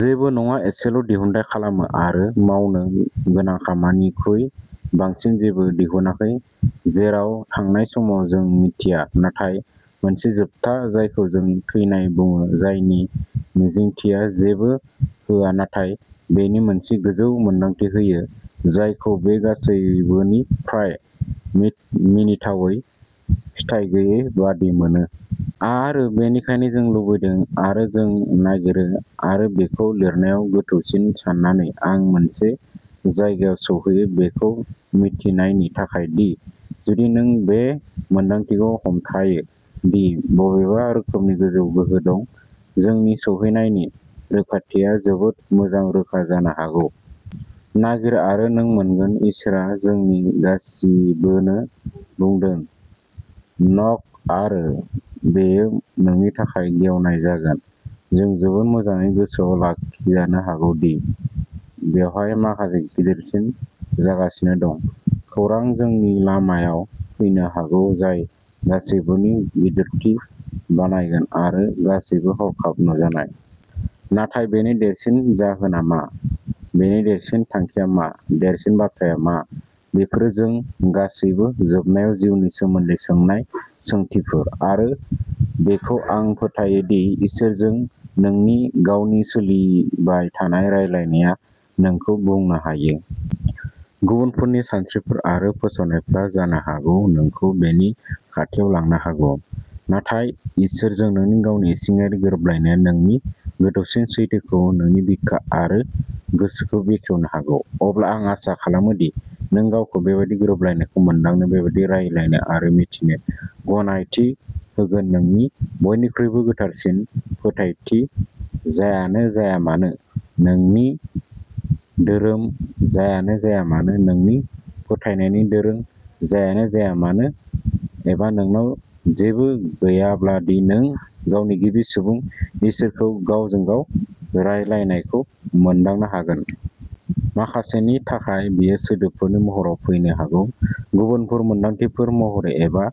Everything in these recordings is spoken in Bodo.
जेबो नङा, एसेल'दिहुन्थाय खालामो, आरो "मावनो गोनां खामानि" निख्रुइ बांसिन जेबो दिहुनाखै, जेराव थांनाय समाव, जों मिथिया, नाथाय मोनसे जोबथा जायखौ जों थैनाय बुङो-जायनि मिजिंथिया जेबो होआ नाथाय बेनि मोनसे गोजौ मोनदांथि होयो, जायखौ बे गासैबोनि फ्राय मिनिथावै फिथाइ गैयै बादि मोनो। आरो बेनिखायनो जों लुबैदों, आरो जों नागिरो। आरो बेखौ लिरनायाव गोथौसिन सान्नानै, आं मोनसे जायगायाव सौहैयो, बेखौ मिथिनायनि थाखाय दि जुदि जों बे मोनदांथिखौ हमथायो दि बबेबा रोखोमनि गोजौ गोहो दं, जोंनि सौहैनायनि रोखाथिया जोबोद मोजां रोखा जानो हागौ। नागिर आरो नों मोनगोन, इसोरआ जोंनि गासिबोनो बुंदों। न'क आरो बेयो नोंनि थाखाय गेवनाय जागोन। जों जोबोद मोजाङै गोसोआव लाखिजानो हागौ दि बेवहाय माखासे गिदिरसिन जागासिनो दं। खौरां जोंनि लामायाव फैनो हागौ जाय गासैबोनि "गिदिरथि" बानायगोन आरो गासैबो हरखाब नुजानाय। नाथाय बेनि देरसिन जाहोनआ मा? बेनि देरसिन थांखिया मा? गेदेरसिन बाथ्राआ मा? बेफोरो जों गासैबो जोबनायाव जिउनि सोमोन्दै सोंनाय सोंथिफोर। आरो बेखौ आं फोथायो दि इसोरजों नोंनि गावनि सोलिबाय थानाय रायज्लायनाया नोंखौ बुंनो हायो। गुबुनफोरनि सानस्रिफोर आरो फोसावनायफोरा जानो हागौ नोंखौ बेनि खाथियाव लांनो हागौ, नाथाय इसोरजों नोंनि गावनि इसिङारि गोरोबलायनाया नोंनि गोथौसिन सैथोखौ नोंनि बिखा आरो गोसोखौ बेखेवनो हागौ। अब्ला, आं आसा खालामो दि नों गावखौ बेबादि गोरोबलायनायखौ मोनदांनो, बेबादि रायज्लायनो, आरो मिथिनो गनायथि होगोननोंनि बयनिख्रुइबो गोथारसिन फोथायथि जायानो जाया मानो, नोंनि धोरोम जायानो जाया मानो, नोंनि फोथायनायनि दोरों जायानो जाया मानो, एबा नोंनाव जेबो गैयाब्लादि नों गावनि गिबि-सुबुं, इसोरजों गावजों गाव रायज्लायनायखौ मोनदांनो हागोन। माखासेनि थाखाय बेयो सोदोबफोरनि महराव फैनो हागौ। गुबुनफोर, मोन्दांथिफोर महरै, एबा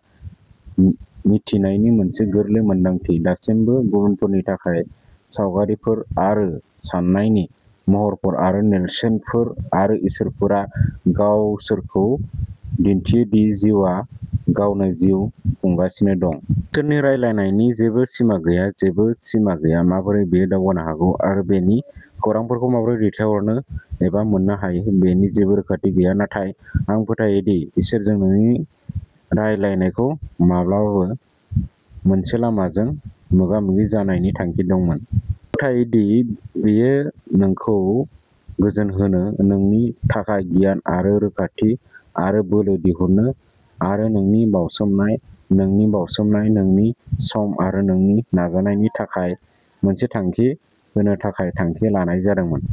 "मिथिनायनि" मोनसे गोरलै मोनदांथि। दासिमबो गुबुनफोरनि थाखाय, सावगारिफोर आरो साननायनि महरफोर आरो नेरसोनफोर आरो इसाराफोरा गावसोरखौ दिन्थियो दि जिउआ गावनो जिउ खुंगासिनो दं। इसोरनि "रायज्लायनाय" नि जेबो सिमा गैया, जेबो सिमा गैया, "माबोरै" बेयो दावगानो हागौ आरो बेनि खौरांफोरखौ माबोरै दैथायहरनो एबा मोन्नो हायो बेनि जेबो रोखाथि गैया। नाथाय आं फोथायो दि इसोरजों नोंनि रायज्लायनायखौ माब्लाबाबो मोनसे-लामाजों मोगा-मोगि जानायनि थांखि दंमोन। आं फोथायो दि बेयो नोंखौ गोजोन होनो, नोंनि थाखाय गियान आरो रोखाथि आरो बोलो दिहुननो, आरो नोंनि बाउसोमनाय, नोंनि बाउसोमनाय, नोंनि सम आरो नोंनि नाजानायनि थाखाय मोनसे थांखि होनो थाखाय थांखि लानाय जादोंमोन।